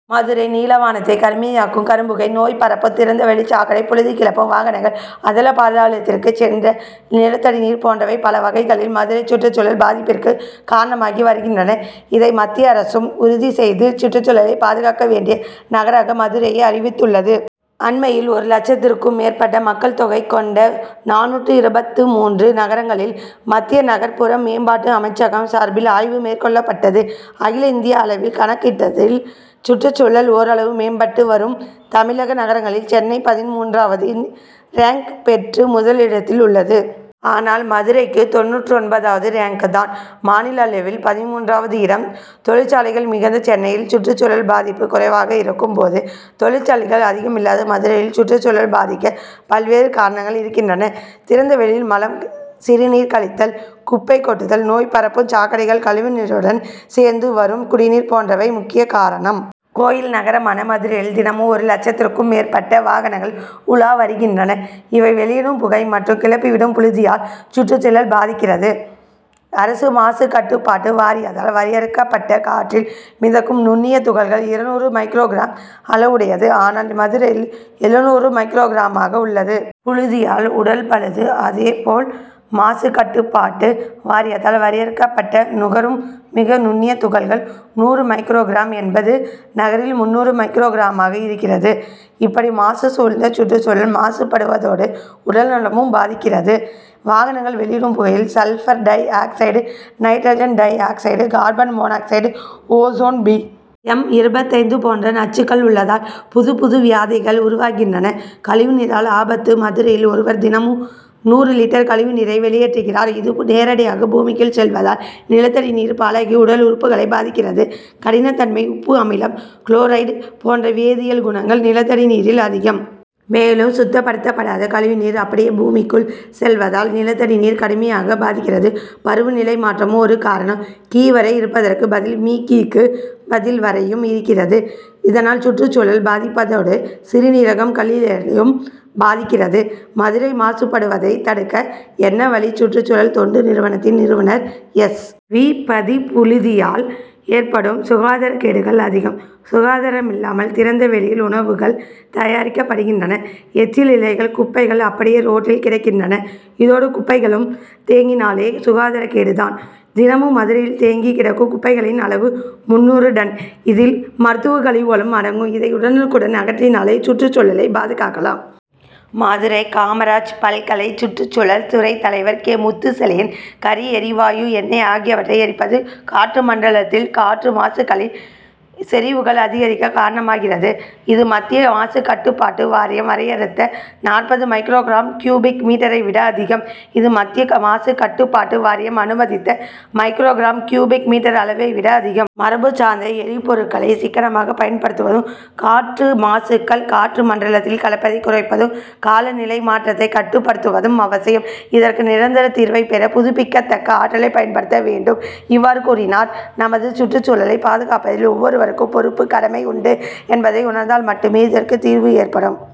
மதுரை நீலவானத்தை கருமையாக்கும் கரும்புகை நோய் பரப்ப திறந்தவெளி சாக்கடை புழுதி கிளப்பும் வாகனங்கள் அதலபாதாளத்திற்கு சென்ற நிலத்தடி நீர் போன்றவை பல வகைகளில் மதுரை சுற்றுச்சூழல் பாதிப்பிற்கு காரணமாகி வருகின்றன. இதை மத்திய அரசும் உறுதி செய்து சுற்றுச்சூழலை பாதுகாக்க வேண்டிய நகராக மதுரையை அறிவித்துள்ளது. அண்மையில் ஒரு லட்சத்திற்கும் மேற்பட்ட மக்கள் தொகை கொண்ட நானூற்று இருபத்து மூன்று நகரங்களில் மத்திய நகர்ப்புற மேம்பாட்டு அமைச்சகம் சார்பில் ஆய்வு மேற்கொள்ளப்பட்டது. அகில இந்திய அளவில் கணக்கிட்டதில் சுற்றுச்சூழல் ஓரளவு மேம்பட்டு வரும் தமிழக நகரங்களில் சென்னை பதின்மூன்றாவது ரேங்க் பெற்று முதலிடத்தில் உள்ளது. ஆனால் மதுரைக்கு தொண்ணூற்றொன்பதாவது ரேங்க் தான். மாநில அளவில் பதின்மூன்றாவது இடம். தொழிற்சாலைகள் மிகுந்த சென்னையில் சுற்றுச்சூழல் பாதிப்பு குறைவாக இருக்கும் போது தொழிற்சாலைகள் அதிகம் இல்லாத மதுரையில் சுற்றுச்சூழல் பாதிக்க பல்வேறு காரணங்கள் இருக்கின்றன. திறந்தவெளியில் மலம் சிறுநீர் கழித்தல் குப்பை கொட்டுதல் நோய்பரப்பும் சாக்கடைகள் கழிவுநீருடன் சேர்ந்து வரும் குடிநீர் போன்றவை முக்கிய காரணம். கோயில் நகரமான மதுரையில் தினமும் ஒரு லட்சத்திற்கும் மேற்பட்ட வாகனங்கள் உலா வருகின்றன. இவை வெளியிடும் புகை மற்றும் கிளப்பிவிடும் புழுதியால் சுற்றுச்சூழல் பாதிக்கிறது. அரசு மாசுக்கட்டுப்பாட்டு வாரியத்தால் வரையறுக்கப்பட்ட காற்றில் மிதக்கும் நுண்ணிய துகள்கள் இருநூறு மைக்ரோகிராம் அளவுடையது. ஆனால் மதுரையில் எழுநூறு மைக்ரோகிராமாக உள்ளது. புழுதியால் உடல் பழுது அதேபோல் மாசுக்கட்டுப்பாட்டு வாரியத்தால் வரையறுக்கப்பட்ட நுகரும் மிக நுண்ணிய துகள்கள் நூறு மைக்ரோகிராம் என்பது நகரில் முந்நூறு மைக்ரோகிராமாக இருக்கிறது. இப்படி மாசு சூழ்ந்து சுற்றுச்சூழல் மாசுப்படுவதோடு உடல்நலமும் பாதிக்கிறது. வாகனங்கள் வெளியிடும் புகையில் sulphur dioxide nitrogen dioxide carbon monoxide ozone P. M. இருபத்தைந்து போன்ற நச்சுக்கள் உள்ளதால் புதுப்புது வியாதிகள் உருவாகின்றன. கழிவுநீரால் ஆபத்து மதுரையில் ஒருவர் தினமும் நூறு லிட்டர் கழிவுநீரை வெளியேற்றுகிறார். இது நேரடியாக பூமிக்குள் செல்வதால் நிலத்தடி நீர் பாழாகி உடல் உறுப்புகளை பாதிக்கிறது. கடினத்தன்மை உப்பு அமிலம் குளோரைடு போன்ற வேதியியல் குணங்கள் நிலத்தடி நீரில் அதிகம். மேலும் சுத்தப்படுத்தபடாத கழிவுநீர் அப்படியே பூமிக்குள் செல்வதால் நிலத்தடி நீர் கடுமையாக பாதிக்கிறது. பருவநிலை மாற்றமும் ஒரு காரணம். கி. வரை இருப்பதற்கு பதில் மி. கி.க்கு பதில் வரையும் இருக்கிறது. இதனால் சுற்றுச்சூழல் பாதிப்பதோடு சிறுநீரகம் கல்லீரலையும் பாதிக்கிறது. மதுரை மாசுபடுவதை தடுக்க என்ன வழி சுற்றுச்சூழல் தொண்டு நிறுவனத்தின் நிறுவனர் எஸ். வி. பதி புழுதியால் ஏற்படும் சுகாதாரக்கேடுகள் அதிகம். சுகாதாரமில்லாமல் திறந்தவெளியில் உணவுகள் தயாரிக்கப்படுகின்றன. எச்சில் இலைகள் குப்பைகள் அப்படியே ரோட்டில் கிடக்கின்றன. இதோடு குப்பைகளும் தேங்கினாலே சுகாதாரக்கேடு தான். தினமும் மதுரையில் தேங்கி கிடக்கும் குப்பைகளின் அளவு முந்நூறு டன். இதில் மருத்துவக்கழிவுகளும் அடங்கும். இதை உடனுக்குடன் அகற்றினாலே சுற்றுச்சூழலை பாதுகாக்கலாம். மதுரை காமராஜ் பல்கலை சுற்றுச்சூழல் துறை தலைவர் கே. முத்துச்செழியன் கரி எரிவாயு எண்ணெய் ஆகியவற்றை எரிப்பது காற்று மண்டலத்தில் காற்று மாசுக்களின் செறிவுகள் அதிகரிக்க காரணமாகிறது. இது மத்திய மாசுக்கட்டுப்பாட்டு வாரியம் வரையறுத்த நாற்பது மைக்ரோகிராம் கியூபிக் மீட்டரைவிட அதிகம். இது மத்திய மாசுக்கட்டுப்பாட்டு வாரியம் அனுமதித்த மைக்ரோகிராம் கியூபிக் மீட்டர் அளவைவிட அதிகம். மரபு சார்ந்த எரிபொருட்களை சிக்கனமாக பயன்படுத்துவதும் காற்று மாசுக்கள் காற்று மண்டலத்தில் கலப்பதை குறைப்பதும் காலநிலை மாற்றத்தை கட்டுப்படுத்துவதும் அவசியம். இதற்கு நிரந்தர தீர்வை பெற புதுப்பிக்கத்தக்க ஆற்றலை பயன்படுத்த வேண்டும். இவ்வாறு கூறினர். நமது சுற்றுச்சூழலை பாதுகாப்பதில் ஒவ்வொருவருக்கும் பொறுப்பு கடமை உண்டு என்பதை உணர்ந்தால் மட்டுமே இதற்கு தீர்வு ஏற்படும்.